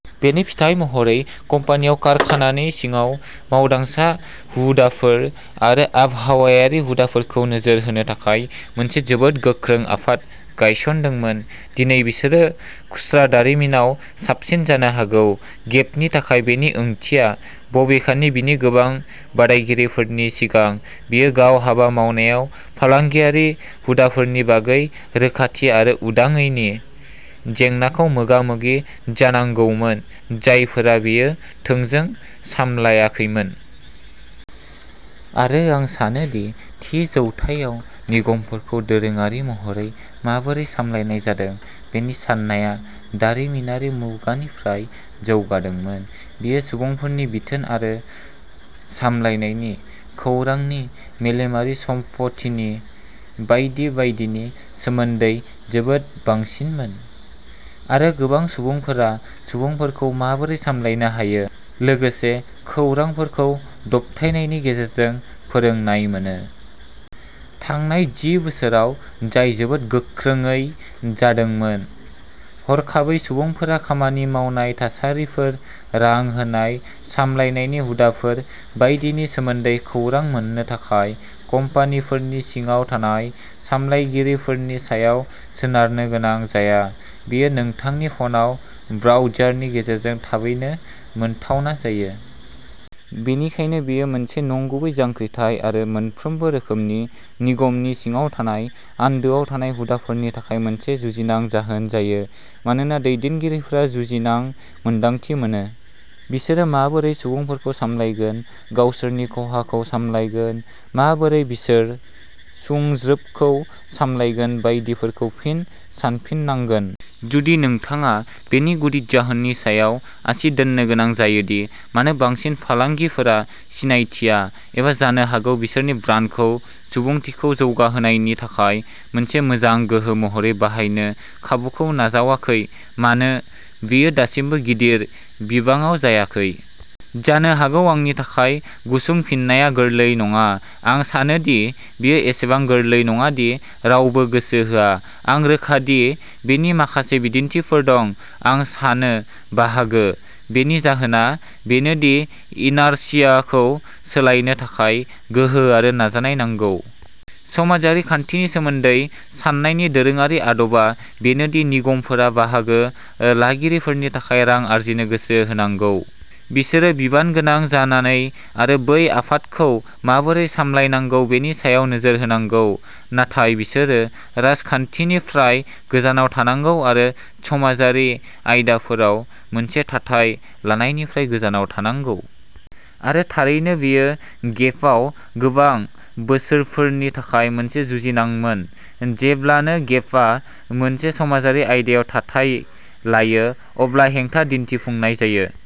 बेनि फिथाय महरै, कम्पानिया कारखानानि सिङाव मावदांसा हुदाफोर आरो आबहावायारि हुदाफोरखौ नोजोर होनो थाखाय मोनसे जोबोद गोख्रों आफाद गायसनदोंमोन। दिनै, बिसोरो खुस्रा दारिमिनाव साबसिन जानो हागौ। गेपनि थाखाय बेनि ओंथिया, बबेखानि, बिनि गोबां बादायगिरिफोरनि सिगां, बेयो गावनि हाबा मावनायाव फालांगियारि हुदाफोरनि बागै रोखाथि आरो उदाङैनि जेंनाखौ मोगा-मोगि जानांगौमोन-जायफोरा बेयो थोंजों सामलायाखैमोन। आरो आं सानो दि थि जौथायाव निगमफोरखौ दोरोङारि महरै माबोरै सामलायनाय जादों बेनि साननाया दारिमिनारि मुगानिफ्राय जौगादोंमोन। बेयो सुबुंफोरनि बिथोन आरो सामलायनायनि, खौरांनि, मेलेमारि सम्पथिनि बायदि बायदिनि सोमोन्दै जोबोद बांसिनमोन। आरो गोबां सुबुंफोरा सुबुंफोरखौ माबोरै सामलायनो हायो, लोगोसे खौरांफोरखौ दबथायनायनि गेजेरजों फोरोंनाय मोनो। थांनाय जि बोसोराव जाय जोबोद गोख्रैयै जादोंमोन। हरखाबै, सुबुंफोरा खामानि मावनाय थासारिफोर, रां होनाय, सामलायनायनि हुदाफोर बायदिनि सोमोन्दै खौरां मोननो थाखाय कम्पानिफोरनि सिङाव थानाय सामलायगिरिफोरनि सायाव सोनारनो गोनां जाया। बेयो नोंथांनि फनाव ब्राउजारनि गेजेरजों थाबैनो मोनथावना जायो। बेनिखायनो बेयो मोनसे नंगुबै जांख्रिथाय आरो मोनफ्रोमबो रोखोमनि निगमनि सिङाव थानाय आन्दोआव थानाय हुदाफोरनि थाखाय मोनसे जुजिनां जाहोन जायो मानोना दैदेनगिरिफोरा जुजिनां मोन्दांथि मोनो। बिसोरो माबोरै सुबुंफोरखौ सामलायगोन, गावसोरनि खहाखौ सामलायगोन, माबोरै बिसोर सुंज्रोबखौ सामलायगोन बायदिफोरखौ फिन सानफिननांगोन। जुदि नोंथाङा बेनि गुदि जाहोननि सायाव आसि दोन्नो गोनां जायो दि मानो बांसिन फालांगिफोरा सिनायथिया, एबा जानो हागौ बिसोरनि ब्रान्डखौ "सुबुंथिखौ जौगाहोनाय" नि थाखाय मोनसे मोजां गोहो महरै बाहायनो खाबुखौ नाजावाखै-मानो बेयो दासिमबो गिदिर बिबाङाव जायाखै? जानो हागौ आंनि थाखाय गुसुं फिननाया गोरलै नङा। आं सानो दि बेयो एसेबां गोरलै नङा दि "रावबो गोसो होआ"। आं रोखा दि बेनि माखासे बिदिन्थिफोर दं। आं सानो बाहागो। बेनि जाहोना बेनो दि इनार्शियाखौ सोलायनो थाखाय गोहो आरो नाजानाय नांगौ। समाजारि खान्थिनि सोमोन्दै साननायनि दोरोङारि आदबा बेनो दि निगमफोरा बाहागो लागिरिफोरनि थाखाय रां आर्जिनो गोसो होनांगौ। बिसोरो बिबानगोनां जानानै आरो बै आफादखौ माबोरै सामलायनांगौ बेनि सायाव नोजोर होनांगौ। नाथाय बिसोरो राजखान्थिनिफ्राय गोजानाव थानांगौ आरो समाजारि आयदाफोराव मोनसे थाथाय लानायनिफ्राय गोजानाव थानांगौ। आरो, थारैनो, बेयो गेपआव गोबां बोसोरफोरनि थाखाय मोनसे जुजिनांमोन। जेब्लानो गेपआ मोनसे समाजारि आयदायाव थाथाय लायो, अब्ला हेंथा दिन्थिफुंनाय जायो।